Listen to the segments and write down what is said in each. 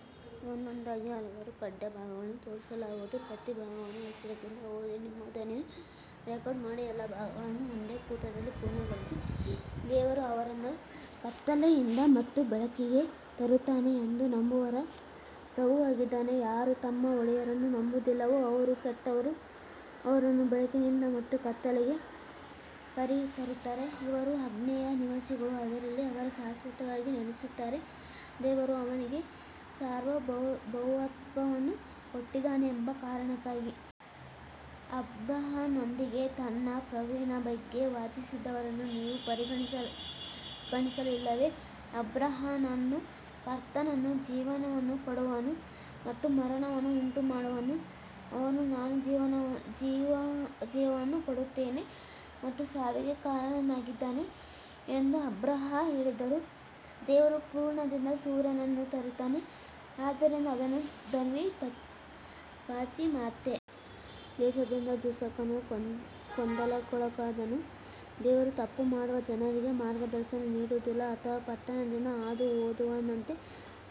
ದೇವರು ಅವರನ್ನು ಕತ್ತಲೆಯಿಂದ ಮತ್ತು ಬೆಳಕಿಗೆ ತರುತ್ತಾನೆ ಎಂದು ನಂಬುವವರ ಪ್ರಭುವಾಗಿದ್ದಾನೆ, ಯಾರು ತಮ್ಮ ಒಡೆಯರನ್ನು ನಂಬುವುದಿಲ್ಲವೋ ಅವರು ಕೆಟ್ಟವರು ಅವರನ್ನು ಬೆಳಕಿನಿಂದ ಮತ್ತು ಕತ್ತಲೆಗೆ ಕರೆತರುತ್ತಾರೆ, ಇವರು ಅಗ್ನಿಯ ನಿವಾಸಿಗಳು, ಅದರಲ್ಲಿ ಅವರು ಶಾಶ್ವತವಾಗಿ ನೆಲೆಸುತ್ತಾರೆ. ದೇವರು ಅವನಿಗೆ ಸಾರ್ವಭೌಮತ್ವವನ್ನು ಕೊಟ್ಟಿದ್ದಾನೆ ಎಂಬ ಕಾರಣಕ್ಕಾಗಿ ಅಬ್ರಹಾಂನೊಂದಿಗೆ ತನ್ನ ಪ್ರಭುವಿನ ಬಗ್ಗೆ ವಾದಿಸಿದವರನ್ನು ನೀವು ಪರಿಗಣಿಸಲಿಲ್ಲವೇ, ಅಬ್ರಹಾಂ ನನ್ನ ಕರ್ತನು ಜೀವವನ್ನು ಕೊಡುವವನು ಮತ್ತು ಮರಣವನ್ನು ಉಂಟುಮಾಡುವವನು ಅವನು ನಾನು ಜೀವವನ್ನು ಕೊಡುತ್ತೇನೆ ಮತ್ತು ಸಾವಿಗೆ ಕಾರಣನಾಗಿದ್ದಾನೆ ಎಂದು ಅಬ್ರಹಾಂ ಹೇಳಿದರು ದೇವರು ಪೂರ್ವದಿಂದ ಸೂರ್ಯನನ್ನು ತರುತ್ತಾನೆ ಆದ್ದರಿಂದ ಅದನ್ನು ತನ್ನಿ ಪಾಶ್ಚಿಮಾತ್ಯ ದೇಶದಿಂದ ದೂಷಕನು ಗೊಂದಲಕ್ಕೊಳಗಾದನು, ದೇವರು ತಪ್ಪು ಮಾಡುವ ಜನರಿಗೆ ಮಾರ್ಗದರ್ಶನ ನೀಡುವುದಿಲ್ಲ ಅಥವಾ ಪಟ್ಟಣದಿಂದ ಹಾದುಹೋದವನಂತೆ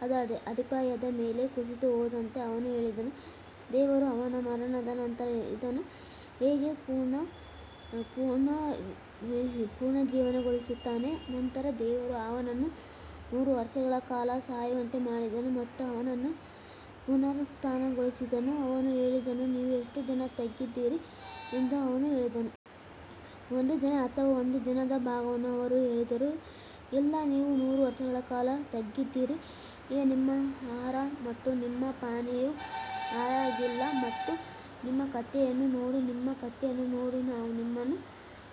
ಅದರ ಅಡಿಪಾಯದ ಮೇಲೆ ಕುಸಿದುಹೋದಂತೆ ಅವನು ಹೇಳಿದನು, ದೇವರು ಅವನ ಮರಣದ ನಂತರ ಇದನ್ನು ಹೇಗೆ ಪುನರುಜ್ಜೀವನಗೊಳಿಸುತ್ತಾನೆ ನಂತರ ದೇವರು ಅವನನ್ನು ನೂರು ವರ್ಷಗಳ ಕಾಲ ಸಾಯುವಂತೆ ಮಾಡಿದನು ಮತ್ತು ಅವನನ್ನು ಪುನರುತ್ಥಾನಗೊಳಿಸಿದನು ಅವನು ಹೇಳಿದನು, ನೀವು ಎಷ್ಟು ದಿನ ತಂಗಿದ್ದೀರಿ ಎಂದು ಅವನು ಹೇಳಿದನು. ಒಂದು ದಿನ ಅಥವಾ ಒಂದು ದಿನದ ಭಾಗವನ್ನು ಅವರು ಹೇಳಿದರು ಇಲ್ಲ ನೀವು ನೂರು ವರ್ಷಗಳ ಕಾಲ ತಂಗಿದ್ದೀರಿ ಈಗ ನಿಮ್ಮ ಆಹಾರ ಮತ್ತು ನಿಮ್ಮ ಪಾನೀಯವು ಹಾಳಾಗಿಲ್ಲ ಮತ್ತು ನಿಮ್ಮ ಕತ್ತೆಯನ್ನು ನೋಡಿ ನಿಮ್ಮ ಕತ್ತೆಯನ್ನು ನೋಡಿ ನಾವು ನಿಮ್ಮನ್ನು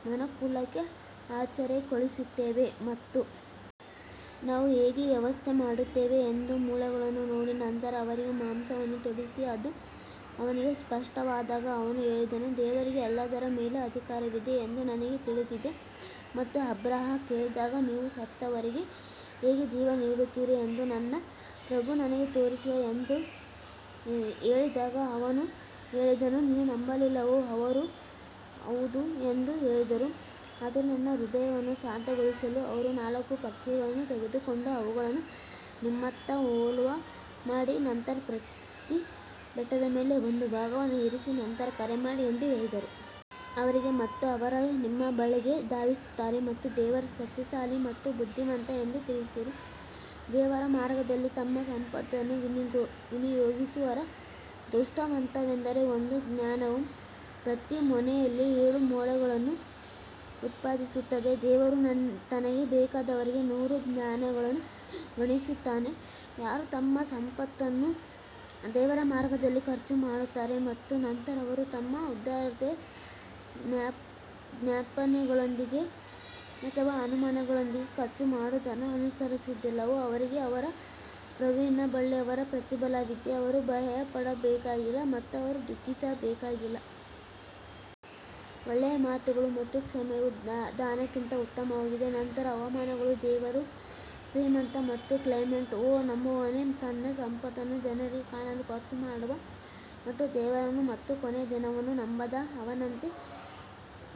ಮನುಕುಲಕ್ಕೆ ಆಶ್ಚರ್ಯಗೊಳಿಸುತ್ತೇವೆ ಮತ್ತು ನಾವು ಹೇಗೆ ವ್ಯವಸ್ಥೆ ಮಾಡುತ್ತೇವೆ ಎಂದು ಮೂಳೆಗಳನ್ನು ನೋಡಿ ನಂತರ ಅವರಿಗೆ ಮಾಂಸವನ್ನು ತೊಡಿಸಿ, ಅದು ಅವನಿಗೆ ಸ್ಪಷ್ಟವಾದಾಗ ಅವನು ಹೇಳಿದನು, ದೇವರಿಗೆ ಎಲ್ಲದರ ಮೇಲೆ ಅಧಿಕಾರವಿದೆ ಎಂದು ನನಗೆ ತಿಳಿದಿದೆ ಮತ್ತು ಅಬ್ರಹಾಂ ಹೇಳಿದಾಗ ನೀವು ಸತ್ತವರಿಗೆ ಹೇಗೆ ಜೀವ ನೀಡುತ್ತೀರಿ ಎಂದು ನನ್ನ ಪ್ರಭು ನನಗೆ ತೋರಿಸು ಎಂದು ಹೇಳಿದಾಗ ಅವನು ಹೇಳಿದನು ನೀವು ನಂಬಲಿಲ್ಲವೇ ಅವರು ಹೌದು ಎಂದು ಹೇಳಿದರು ಆದರೆ ನನ್ನ ಹೃದಯವನ್ನು ಶಾಂತಗೊಳಿಸಲು ಅವರು ನಾಲ್ಕು ಪಕ್ಷಿಗಳನ್ನು ತೆಗೆದುಕೊಂಡು ಅವುಗಳನ್ನು ನಿಮ್ಮತ್ತ ಒಲವು ಮಾಡಿ ನಂತರ ಪ್ರತಿ ಬೆಟ್ಟದ ಮೇಲೆ ಒಂದು ಭಾಗವನ್ನು ಇರಿಸಿ ನಂತರ ಕರೆ ಮಾಡಿ ಎಂದು ಹೇಳಿದರು. ಅವರಿಗೆ ಮತ್ತು ಅವರು ನಿಮ್ಮ ಬಳಿಗೆ ಧಾವಿಸುತ್ತಾರೆ ಮತ್ತು ದೇವರು ಶಕ್ತಿಶಾಲಿ ಮತ್ತು ಬುದ್ಧಿವಂತ ಎಂದು ತಿಳಿಯಿರಿ ದೇವರ ಮಾರ್ಗದಲ್ಲಿ ತಮ್ಮ ಸಂಪತ್ತನ್ನು ವಿನಿಯೋಗಿಸುವವರ ದೃಷ್ಟಾಂತವೆಂದರೆ, ಒಂದು ಧಾನ್ಯವು ಪ್ರತಿ ಮೊನೆಯಲ್ಲಿ ಏಳು ಮೊಳೆಗಳನ್ನು ಉತ್ಪಾದಿಸುತ್ತದೆ, ದೇವರು ತನಗೆ ಬೇಕಾದವರಿಗೆ ನೂರು ಧಾನ್ಯಗಳನ್ನು ಗುಣಿಸುತ್ತಾನೆ. ಯಾರು ತಮ್ಮ ಸಂಪತ್ತನ್ನು ದೇವರ ಮಾರ್ಗದಲ್ಲಿ ಖರ್ಚು ಮಾಡುತ್ತಾರೆ ಮತ್ತು ನಂತರ ಅವರು ತಮ್ಮ ಉದಾರತೆಯ ಜ್ಞಾಪನೆಗಳೊಂದಿಗೆ ಅಥವಾ ಅವಮಾನಗಳೊಂದಿಗೆ ಖರ್ಚು ಮಾಡುವುದನ್ನು ಅನುಸರಿಸುವುದಿಲ್ಲವೋ ಅವರಿಗೆ ಅವರ ಪ್ರಭುವಿನ ಬಳಿ ಅವರ ಪ್ರತಿಫಲವಿದೆ, ಅವರು ಭಯಪಡಬೇಕಾಗಿಲ್ಲ ಮತ್ತು ಅವರು ದುಃಖಿಸಬೇಕಾಗಿಲ್ಲ. ಒಳ್ಳೆಯ ಮಾತುಗಳು ಮತ್ತು ಕ್ಷಮೆಯು ದಾನಕ್ಕಿಂತ ಉತ್ತಮವಾಗಿದೆ ನಂತರ ಅವಮಾನಗಳು ದೇವರು ಶ್ರೀಮಂತ ಮತ್ತು ಕ್ಲೆಮೆಂಟ್ ಓ ನಂಬುವವನೇ, ತನ್ನ ಸಂಪತ್ತನ್ನು ಜನರಿಗೆ ಕಾಣಲು ಖರ್ಚು ಮಾಡುವ ಮತ್ತು ದೇವರನ್ನು ಮತ್ತು ಕೊನೆಯ ದಿನವನ್ನು ನಂಬದ ಅವನಂತೆ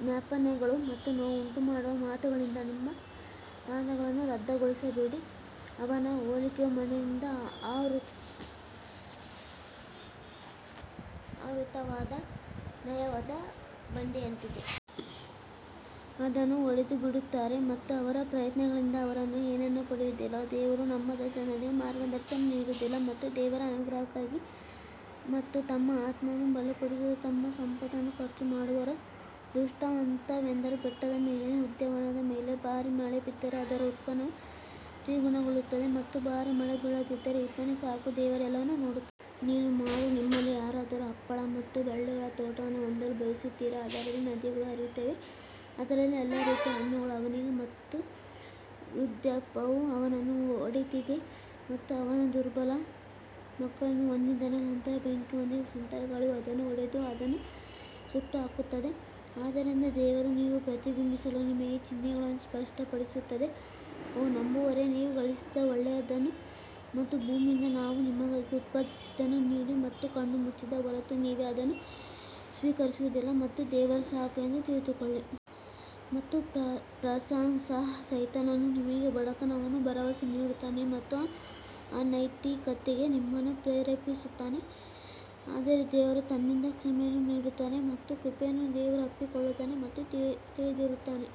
ಜ್ಞಾಪನೆಗಳು ಮತ್ತು ನೋವುಂಟುಮಾಡುವ ಮಾತುಗಳಿಂದ ನಿಮ್ಮ ದಾನಗಳನ್ನು ರದ್ದುಗೊಳಿಸಬೇಡಿ, ಅವನ ಹೋಲಿಕೆಯು ಮಣ್ಣಿನಿಂದ ಆವೃತವಾದ ನಯವಾದ ಬಂಡೆಯಂತಿದೆ. ಅದನ್ನು ಹೊಡೆದು ಬಿಡುತ್ತಾರೆ ಮತ್ತು ಅವರ ಪ್ರಯತ್ನಗಳಿಂದ ಅವರು ಏನನ್ನೂ ಪಡೆಯುವುದಿಲ್ಲ, ದೇವರು ನಂಬದ ಜನರಿಗೆ ಮಾರ್ಗದರ್ಶನ ನೀಡುವುದಿಲ್ಲ ಮತ್ತು ದೇವರ ಅನುಗ್ರಹಕ್ಕಾಗಿ ಮತ್ತು ತಮ್ಮ ಆತ್ಮವನ್ನು ಬಲಪಡಿಸಲು ತಮ್ಮ ಸಂಪತ್ತನ್ನು ಖರ್ಚು ಮಾಡುವವರ ದೃಷ್ಟಾಂತವೆಂದರೆ ಬೆಟ್ಟದ ಮೇಲಿನ ಉದ್ಯಾನವನದ ಮೇಲೆ ಭಾರಿ ಮಳೆ ಬಿದ್ದರೆ ಅದರ ಉತ್ಪನ್ನವು ದ್ವಿಗುಣಗೊಳ್ಳುತ್ತದೆ ಮತ್ತು ಭಾರೀ ಮಳೆ ಬೀಳದಿದ್ದರೆ ಇಬ್ಬನಿ ಸಾಕು ದೇವರು ಎಲ್ಲವನ್ನೂ ನೋಡುತ್ತಾನೆ. ನೀನು ಮಾಡು ನಿಮ್ಮಲ್ಲಿ ಯಾರಾದರೂ ಹಪ್ಪಳ ಮತ್ತು ಬಳ್ಳಿಗಳ ತೋಟವನ್ನು ಹೊಂದಲು ಬಯಸುತ್ತೀರಾ, ಅದರಲ್ಲಿ ನದಿಗಳು ಹರಿಯುತ್ತವೆ ಅದರಲ್ಲಿ ಎಲ್ಲಾ ರೀತಿಯ ಹಣ್ಣುಗಳು ಅವನಿಗೆ ಮತ್ತು ವೃದ್ಧಾಪ್ಯವು ಅವನನ್ನು ಹೊಡೆದಿದೆ ಮತ್ತು ಅವನು ದುರ್ಬಲ ಮಕ್ಕಳನ್ನು ಹೊಂದಿದ್ದಾನೆ ನಂತರ ಬೆಂಕಿಯೊಂದಿಗೆ ಸುಂಟರಗಾಳಿಯು ಅದನ್ನು ಹೊಡೆದು ಅದನ್ನು ಸುಟ್ಟುಹಾಕುತ್ತದೆ ಆದ್ದರಿಂದ ದೇವರು ನೀವು ಪ್ರತಿಬಿಂಬಿಸಲು ನಿಮಗೆ ಚಿಹ್ನೆಗಳನ್ನು ಸ್ಪಷ್ಟಪಡಿಸುತ್ತದೆ ಓ ನಂಬುವವರೇ, ನೀವು ಗಳಿಸಿದ ಒಳ್ಳೆಯದನ್ನು ಮತ್ತು ಭೂಮಿಯಿಂದ ನಾವು ನಿಮಗಾಗಿ ಉತ್ಪಾದಿಸಿದ್ದನ್ನು ನೀಡಿ ಮತ್ತು ಕಣ್ಣು ಮುಚ್ಚಿದ ಹೊರತು ನೀವೇ ಅದನ್ನು ಸ್ವೀಕರಿಸುವುದಿಲ್ಲ ಮತ್ತು ದೇವರು ಸಾಕು ಎಂದು ತಿಳಿದುಕೊಳ್ಳಿ. ಮತ್ತು ಪ್ರಶಂಸಾರ್ಹ ಸೈತಾನನು ನಿಮಗೆ ಬಡತನವನ್ನು ಭರವಸೆ ನೀಡುತ್ತಾನೆ ಮತ್ತು ಅನೈತಿಕತೆಗೆ ನಿಮ್ಮನ್ನು ಪ್ರೇರೇಪಿಸುತ್ತಾನೆ ಆದರೆ ದೇವರು ತನ್ನಿಂದ ಕ್ಷಮೆಯನ್ನು ನೀಡುತ್ತಾನೆ ಮತ್ತು ಕೃಪೆಯನ್ನು ದೇವರು ಅಪ್ಪಿಕೊಳ್ಳುತ್ತಾನೆ ಮತ್ತು ತಿಳಿದಿರುತ್ತಾನೆ.